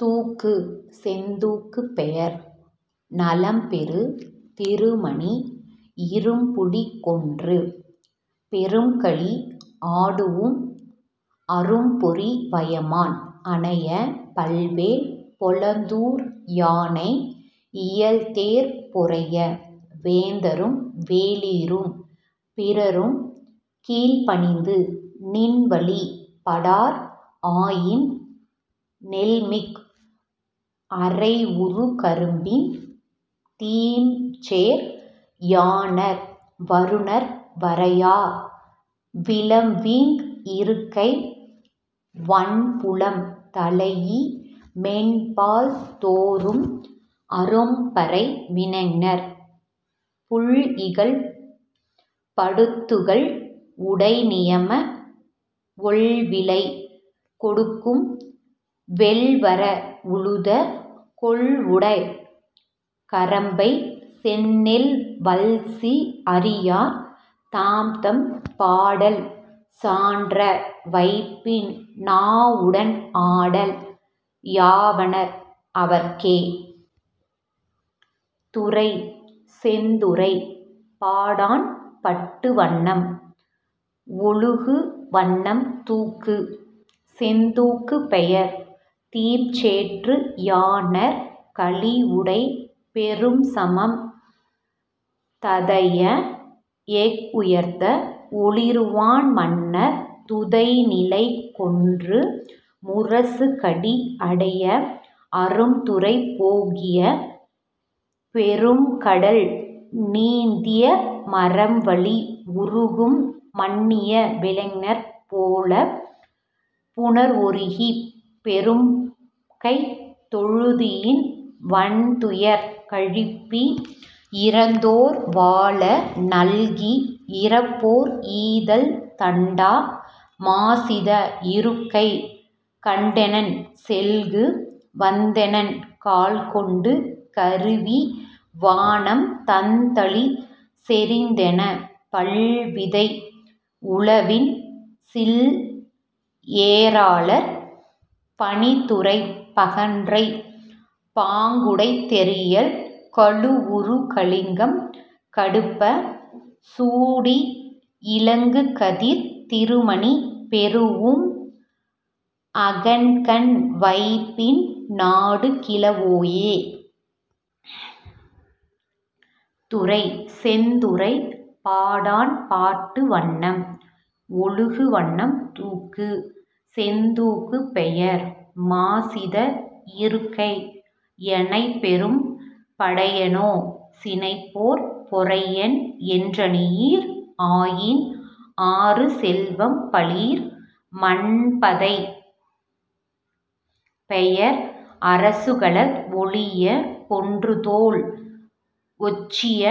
தூக்கு: செந்தூக்கு பெயர்: நலம்பெறு திருமணி இரும்புலி கொன்று பெரும்களி அடூஉம் அரும்பொறி வயமான் அனையை பல்வேல் பொலந்தார் யானை இயல்தேர்ப் பொறைய வேந்தரும் வேளிரும் பிறரும் கீழ்ப்பணிந்து நின்வழிப் படாஅர் ஆயின் நெல்மிக் அறைஉறு கரும்பின் தீம்சேற் யாணர் வருநர் வரையா வளம்வீங் இருக்கை வன்புலம் தழீஇ மென்பால் தோறும் அரும்பறை வினைஞர் புல்இகல் படுத்துக் கள்உடை நியமத் ஒள்விலை கொடுக்கும் வெள்வர உழுத கொள்உடைக் கரம்பைச் செந்நெல் வல்சி அறியார் தத்தம் பாடல் சான்ற வைப்பின் நாஉடன் ஆடல் யாவண அவர்க்கே. துறை: செந்துறைப் பாடாண்பாட்டு வண்ணம்: ஒழுகு வண்ணம் தூக்கு: செந்தூக்கு பெயர்: தீம்சேற்று யாணர் களிஉடைப் பெரும்சமம் ததைய எஃஉயர்த் ஒளிறுவாள் மன்னர் துதைநிலை கொன்று முரசுகடிப் அடைய அரும்துறை போகிப் பெரும்கடல் நீந்திய மரம்வலி உறுக்கும் பண்ணிய விலைஞர் போலப் புண்ஒரீஇப் பெரும்கைத் தொழுதியின் வன்துயர் கழிப்பி இரந்தோர் வாழ நல்கி இரப்போர்க் ஈதல் தண்டா மாசித இருக்கை கண்டனென் செல்கு வந்தனென் கால்கொண்டு கருவி வானம் தண்தளி சொரிந்தெனப் பல்விதை உழவின் சில்ஏ ராளர் பனித்துறைப் பகன்றைப் பாங்உடைத் தெரியல் கழுஉறு கலிங்கம் கடுப்பச் சூடி இலங்குகதிர்த் திருமணி பெறூஉம் அகன்கண் வைப்பின் நாடுகிழ வோயே. துறை: செந்துறைப் பாடாண்பாட்டு வண்ணம்: ஒழுகு வண்ணம் தூக்கு: செந்தூக்கு பெயர்: மாசித இருக்கை எனைப்பெரும் படையனோ சினப்போர்ப் பொறையன் எனறனிர் ஆயின் ஆறுசெல் வம்பலீர் மன்பதை பெயர அரசுகளத் ஒழியக் கொன்றுதோள் ஓச்சிய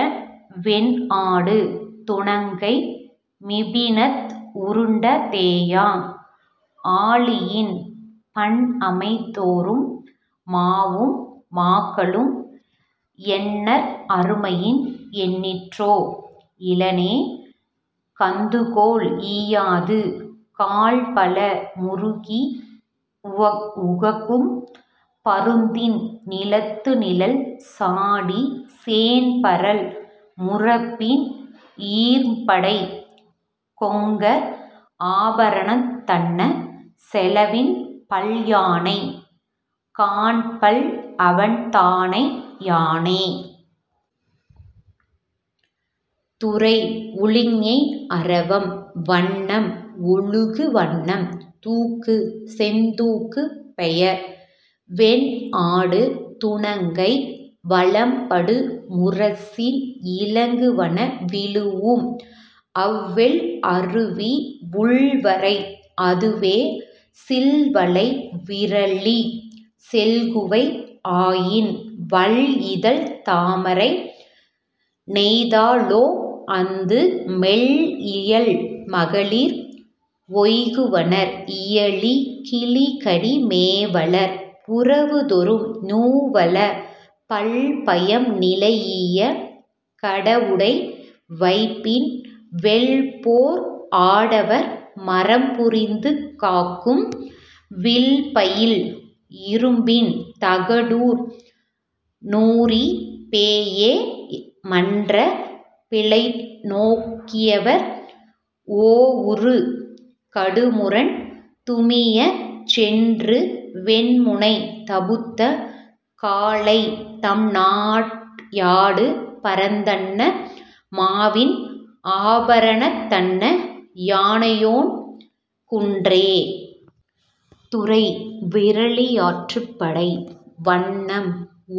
வென்ஆடு துணங்கை மீபிணத் உருண்ட தேயா ஆழியின் பண்அமை தேரும் மாவும் மாக்களும் எண்ணற் அருமையின் எண்ணின்றோ இலனே கந்துகோள் ஈயாது காழ்பல முருக்கி உகக்கும் பருந்தின் நிலத்துநிழல் சாடிச் சேண்பரல் முரம்பின் ஈர்ம்படைக் கொங்கர் ஆபரந் தன்ன செலவின்பல் யானை காண்பல்அவன் தானை யானே. துறை: உழிஞை அரவம் வண்ணம்: ஒழுகு வண்ணம் தூக்கு: செந்தூக்கு பெயர்: வென்ஆடு துணங்கை வலம்படு முரசின் இலங்குவன விழூஉம் அவ்வெள் அருவி உவ்வரை அதுவே சில்வளை விறலி செல்குவை ஆயின் வள்இதழ்த் தாமரை நெய்தலொ அந்து மெல்இயல் மகளிர் ஒய்குவனர் இயலிக் கிளிகடி மேவலர் புறவுதொறும் நுவலப் பல்பயம் நிலைஇய கடஉடை வைப்பின் வெல்போர் ஆடவர் மறம்புரிந்து காக்கும் வில்பயில் இறும்பின் தகடூர் நூறி பேஎ மன்ற பிறழநோக் கியவர் ஓஉறு கடுமுரண் துமியச் சென்று வெம்முனை தபுத்த காலைத் தம்நாட் யாடுபரந் தன்ன மாவின் ஆபரந் தன்ன யானையோன் குன்றே. துறை: விறலியாற்றுப்படை வண்ணம்: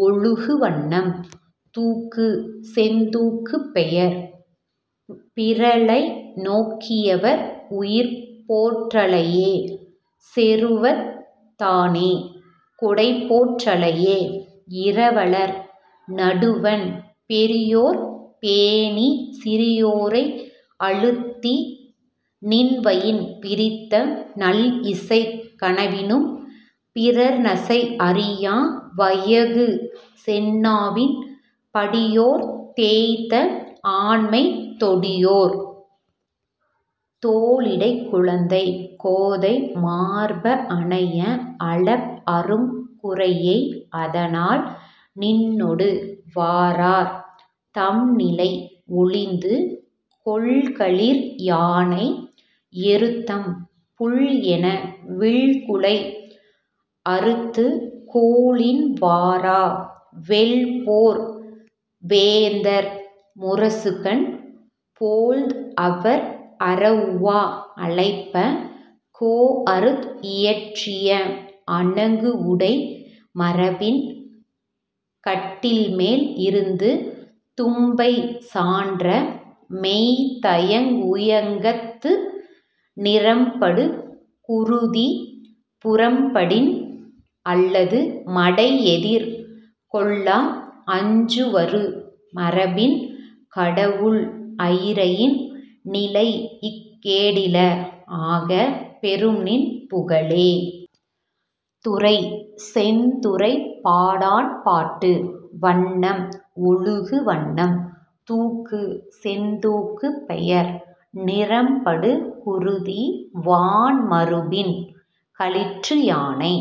ஒழுகு வண்ணம் தூக்கு: செந்தூக்கு பெயர்: பிறழநோக்கியவர் உயிர்போற் றலையே செருவத் தானே கொடைபோற் றலையே இரவலர் நடுவண் பெரியோர்ப் பேணிச் சிறியோரை அளித்தி நின்வயின் பிரிந்த நல்இசை கனவினும் பிறர்நசை அறியா வயங்குசெந் நாவின் படியோர்த் தேய்த்த ஆண்மைத் தொடியோர் தோளிடைக் குழைந்த கோதை மார்ப அனைய அளப்அருங் குரையை அதனால் நின்னொடு வாரார் தம்நிலத் ஒழிந்து கொல்களிற் யானை எருத்தம் புல்லென வில்குலை அறுத்துக் கோலின் வாரா வெல்போர் வேந்தர் முரசுகண் போழ்ந்அவர் அரஉவா அழைப்பக் கோஅறுத் இயற்றிய அணங்உடை மரபின் கட்டில்மேல் இருந்து தும்பை சான்ற மெய்தயங் உயக்கத்து நிறம்படு குருதி புறம்படின் அல்லது மடைஎதிர் கொள்ளா அஞ்சுவரு மரபின் கடவுள் அயிரையின் நிலைஇக் கேடில ஆக பெரும்நின் புகழே. துறை: செந்துறைப்பாடாண்பாட்டு வண்ணம்: ஒழுகு வண்ணம் தூக்கு: செந்தூக்கு பெயர்: நிறம்படு குருதி வான்மருப்பின் களிற்றுயானை